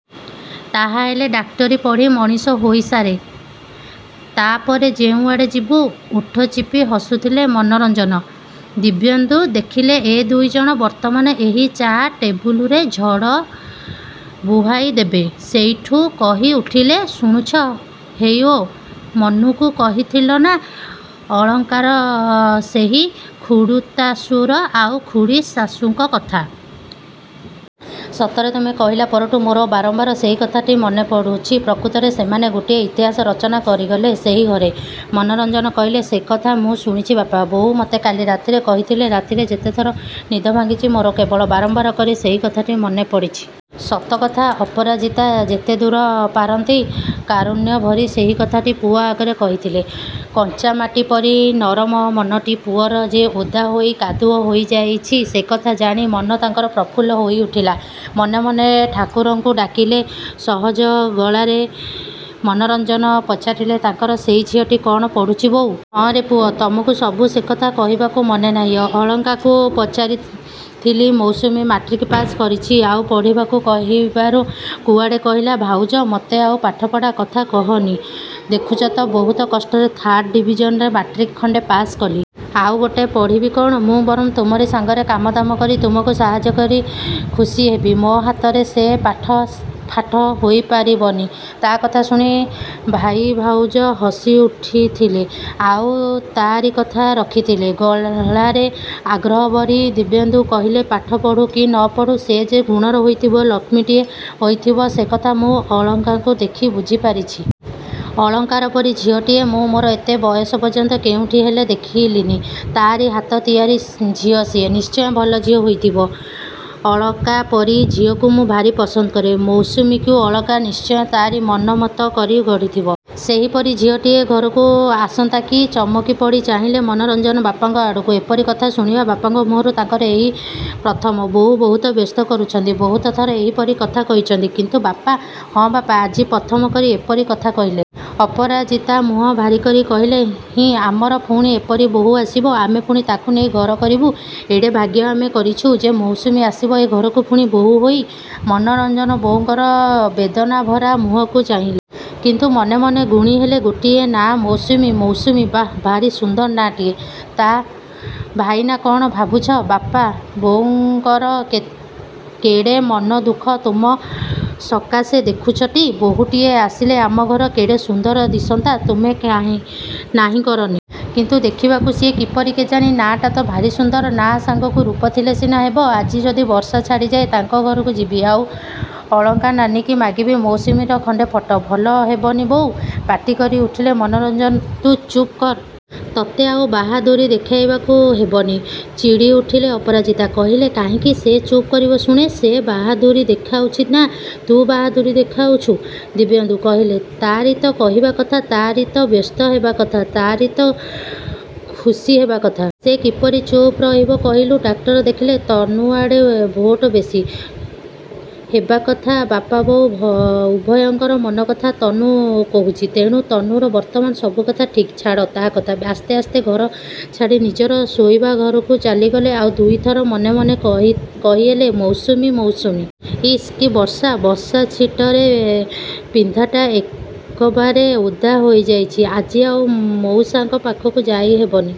ତାହାହେଲେ ଡାକ୍ତରୀ ପଢ଼ି ମଣିଷ ହୋଇସାରେ, ତା'ପରେ ଯେଉଁଆଡ଼େ ଯିବୁ। ଓଠ ଚିପି ହସୁଥିଲେ ମନୋରଞ୍ଜନ। ଦିବ୍ୟେନ୍ଦୁ ଦେଖିଲେ ଏ ଦୁଇଜଣ ବର୍ତ୍ତମାନ ଏହି ଚା ଟେବୁଲରେ ଝଡ଼ ବୁହାଇଦେବେ। ସେଇଠୁ କହିଉଠିଲେ ଶୁଣୁଛ ହେଇଓ, ମନୁକୁ କହିଥିଲ ନା ଅଳକାର ସେଇ ଖୁଡ଼ୁତାଶୁର ଆଉ ଖୁଡ଼ୀଶାଶୂଙ୍କ କଥା? ସତରେ ତୁମେ କହିଲା ପରଠୁ ମୋର ବାରମ୍ବାର ସେଇ କଥାଟି ମନେପଡ଼ୁଛି। ପ୍ରକୃତରେ ସେମାନେ ଗୋଟିଏ ଇତିହାସ ରଚନା କରିଗଲେ ସେଇ ଘରେ। ମନୋରଞ୍ଜନ କହିଲେ ସେକଥା ମୁଁ ଶୁଣିଛି ବାପା। ବୋଉ ମୋତେ କାଲି ରାତିରେ କହିଥିଲେ। ରାତିରେ ଯେତେଥର ନିଦ ଭାଙ୍ଗିଛି ମୋର କେବଳ ବାରମ୍ବାର କରି ସେଇ କଥାଟି ମନେପଡ଼ିଛି। ସତ କଥା ଅପରାଜିତା ଯେତେଦୂର ପାରନ୍ତି କାରୁଣ୍ୟଭରି ସେଇ କଥାଟି ପୁଅ ଆଗରେ କହିଥିଲେ। କଞ୍ଚାମାଟି ପରି ନରମ ମନଟି ପୁଅର ଯେ ଓଦା ହୋଇ କାଦୁଅ ହୋଇଯାଇଛି, ସେକଥା ଜାଣି ମନ ତାଙ୍କର ପ୍ରଫୁଲ୍ଲ ହୋଇଉଠିଲା। ମନେ ମନେ ଠାକୁରଙ୍କୁ ଡାକିଲେ। ସହଜ ଗଳାରେ ମନୋରଞ୍ଜନ ପଚାରିଲେ ତାଙ୍କର ସେଇ ଝିଅଟି କ'ଣ ପଢ଼ୁଛି ବୋଉ? ହଁରେ ପୁଅ ତମକୁ ସବୁ ସେକଥା କହିବାକୁ ମନେନାହିଁ। ଅଳକାକୁ ପଚାରିଥିଲି। ମୌସୁମୀ ମାଟ୍ରିକ୍ ପାଶ୍ କରିଛି। ଆଉ ପଢ଼ିବାକୁ କହିବାରୁ କୁଆଡ଼େ କହିଲା ଭାଉଜ, ମୋତେ ଆଉ ପାଠପଢ଼ା କଥା କହନି। ଦେଖୁଛ ତ ବହୁତ କଷ୍ଟରେ ଥାର୍ଡ ଡିଭିଜନରେ ମାଟ୍ରିକ୍ ଖଣ୍ଡେ ପାଶ୍ କଲି। ଆଉ ଗୋଟେ ପଢ଼ିବି କ'ଣ? ମୁଁ ବରଂ ତୁମରି ସାଙ୍ଗରେ କାମଦାମ କରି ତୁମକୁ ସାହାଯ୍ୟ କରି ଖୁସିହେବି। ମୋ ହାତରେ ସେ ପାଠଫାଠ ହୋଇପାରିବନି। ତା'କଥା ଶୁଣି ଭାଇଭାଉଜ ହସିଉଠିଥିଲେ। ଆଉ ତାରି କଥା ରଖିଥିଲେ। ଗଳାରେ ଆଗ୍ରହ ଭରି ଦିବ୍ୟେନ୍ଦୁ କହିଲେ ପାଠ ପଢ଼ୁ, କି ନ ପଢ଼ୁ ସେ ଯେ ଗୁଣର ହୋଇଥିବ, ଲକ୍ଷ୍ମୀଟିଏ ହୋଇଥିବ, ସେକଥା ମୁଁ ଅଳକାକୁ ଦେଖି ବୁଝିପାରିଛି। ଅଳକାରପରି ଝିଅଟିଏ ମୁଁ ମୋର ଏତେ ବୟସ ପର୍ଯ୍ୟନ୍ତ କେଉଁଠି ହେଲେ ଦେଖିଲିନି। ତା'ରି ହାତ ତିଆରି ଝିଅ ସେ। ନିଶ୍ଚୟ ଭଲ ଝିଅ ହୋଇଥିବ। ଅଳକା ପରି ଝିଅକୁ ମୁଁ ଭାରି ପସନ୍ଦ କରେ। ମୌସୁମୀକୁ ଅଳକା ନିଶ୍ଚୟ ତା'ରି ମନୋମତ କରି ଗଢ଼ିଥିବ। ସେଇପରି ଝିଅଟିଏ ଘରକୁ ଆସନ୍ତା କି। ଚମକିପଡ଼ି ଚାହିଁଲେ ମନୋରଞ୍ଜନ ବାପାଙ୍କ ଆଡ଼କୁ। ଏପରି କଥା ଶୁଣିବା ବାପାଙ୍କ ମୁହଁରୁ ତାଙ୍କର ଏଇ ପ୍ରଥମ। ବୋଉ ବହୁତ ବ୍ୟସ୍ତ କରୁଛନ୍ତି। ବହୁତଥର ଏହିପରି କଥା କହିଛନ୍ତି। କିନ୍ତୁ ବାପା! ହଁ, ବାପା ଆଜି ପ୍ରଥମକରି ଏପରି କଥା କହିଲେ। ଅପରାଜିତା ମୁହଁ ଭାରିକରି କହିଲେ ହିଁ, ଆମର ପୁଣି ଏପରି ବୋହୂ ଆସିବ! ଆମେ ପୁଣି ତାକୁ ନେଇ ଘର କରିବୁ! ଏଡ଼େ ଭାଗ୍ୟ ଆମେ କରିଛୁ ଯେ, ମୌସୁମୀ ଆସିବ ଏ ଘରକୁ ପୁଣି ବୋହୂ ହୋଇ! ମନୋରଞ୍ଜନ ବୋଉଙ୍କର ବେଦନାଭରା ମୁହଁକୁ ଚାହିଁଲେ। କିନ୍ତୁ ମନେ ମନେ ଗୁଣିହେଲେ ଗୋଟିଏ ନାଆଁ ମୌସୁମୀ, ମୌସୁମୀ। ବାଃ, ଭାରି ସୁନ୍ଦର ନାଁଟିଏ ତ। ଭାଇନା, କ'ଣ ଭାବୁଛ? ବାପା ବୋଉଙ୍କର କେଡ଼େ ମନଦୁଃଖ ତୁମ ସକାଶେ ଦେଖୁଛଟି? ବୋହୂଟିଏ ଆସିଲେ ଆମ ଘର କେଡ଼େ ସୁନ୍ଦର ଦିଶନ୍ତା, ତୁମେ ନାହିଁ କରନି। କିନ୍ତୁ ଦେଖିବାକୁ ସିଏ କିପରି କେଜାଣି। ନାଁଟା ତ ଭାରି ସୁନ୍ଦର। ନାଁ ସାଙ୍ଗକୁ ରୂପ ଥିଲେ ସିନା ହେବ। ଆଜି ଯଦି ବର୍ଷା ଛାଡ଼ିଯାଏ, ତାଙ୍କ ଘରକୁ ଯିବି ଆଉ ଅଳକା ନାନୀକି ମାଗିବି ମୌସୁମୀର ଖଣ୍ଡେ ଫଟୋ। ଭଲ ହେବନି ବୋଉ? ପାଟିକରି ଉଠିଲେ ମନୋରଞ୍ଜନ ତୁ ଚୁପ୍ କର। ତତେ ଆଉ ବାହାଦୁରି ଦେଖାଇବାକୁ ହେବନି। ଚିଡ଼ିଉଠିଲେ ଅପରାଜିତା। କହିଲେ କାହିଁକି ସେ ଚୁପ୍ କରିବ ଶୁଣେ? ସେ ବାହାଦୁରି ଦେଖାଉଛି ନା ତୁ ବାହାଦୁରି ଦେଖାଉଛୁ। ଦିବ୍ୟେନ୍ଦୁ କହିଲେ–ତାରି ତ କହିବା କଥା, ତା'ରି ତ ବ୍ୟସ୍ତ ହେବା କଥା, ତା'ରି ତ ଖୁସି ହେବା କଥା। ସେ କିପରି ଚୁପ୍ ରହିବ କହିଲୁ? ଡାକ୍ତର ଦେଖିଲେ ତନୁଆଡ଼େ ଭୋଟ ବେଶି। ହେବାକଥା ବାପାବୋଉ ଉଭୟଙ୍କ ମନକଥା ତନୁ କହୁଛି। ତେଣୁ ତନୁର ବର୍ତ୍ତମାନ ସବୁକଥା ଠିକ୍। ଛାଡ଼ ତା' କଥା। ଆସ୍ତେ ଆସ୍ତେ ଘର ଛାଡ଼ି ନିଜର ଶୋଇବା ଘରକୁ ଚାଲିଗଲେ ଆଉ ଦୁଇଥର ମନେ ମନେ କହିହେଲେ ମୌସୁମୀ, ମୌସୁମୀ। ଇସ୍ କି ବର୍ଷା! ବର୍ଷାଛିଟରେ ପିନ୍ଧାଟା ଏକବାରେ ଓଦା ହୋଇଯାଇଛି। ଆଜି ଆଉ ମଉସାଙ୍କ ପାଖକୁ ଯାଇହେବନି।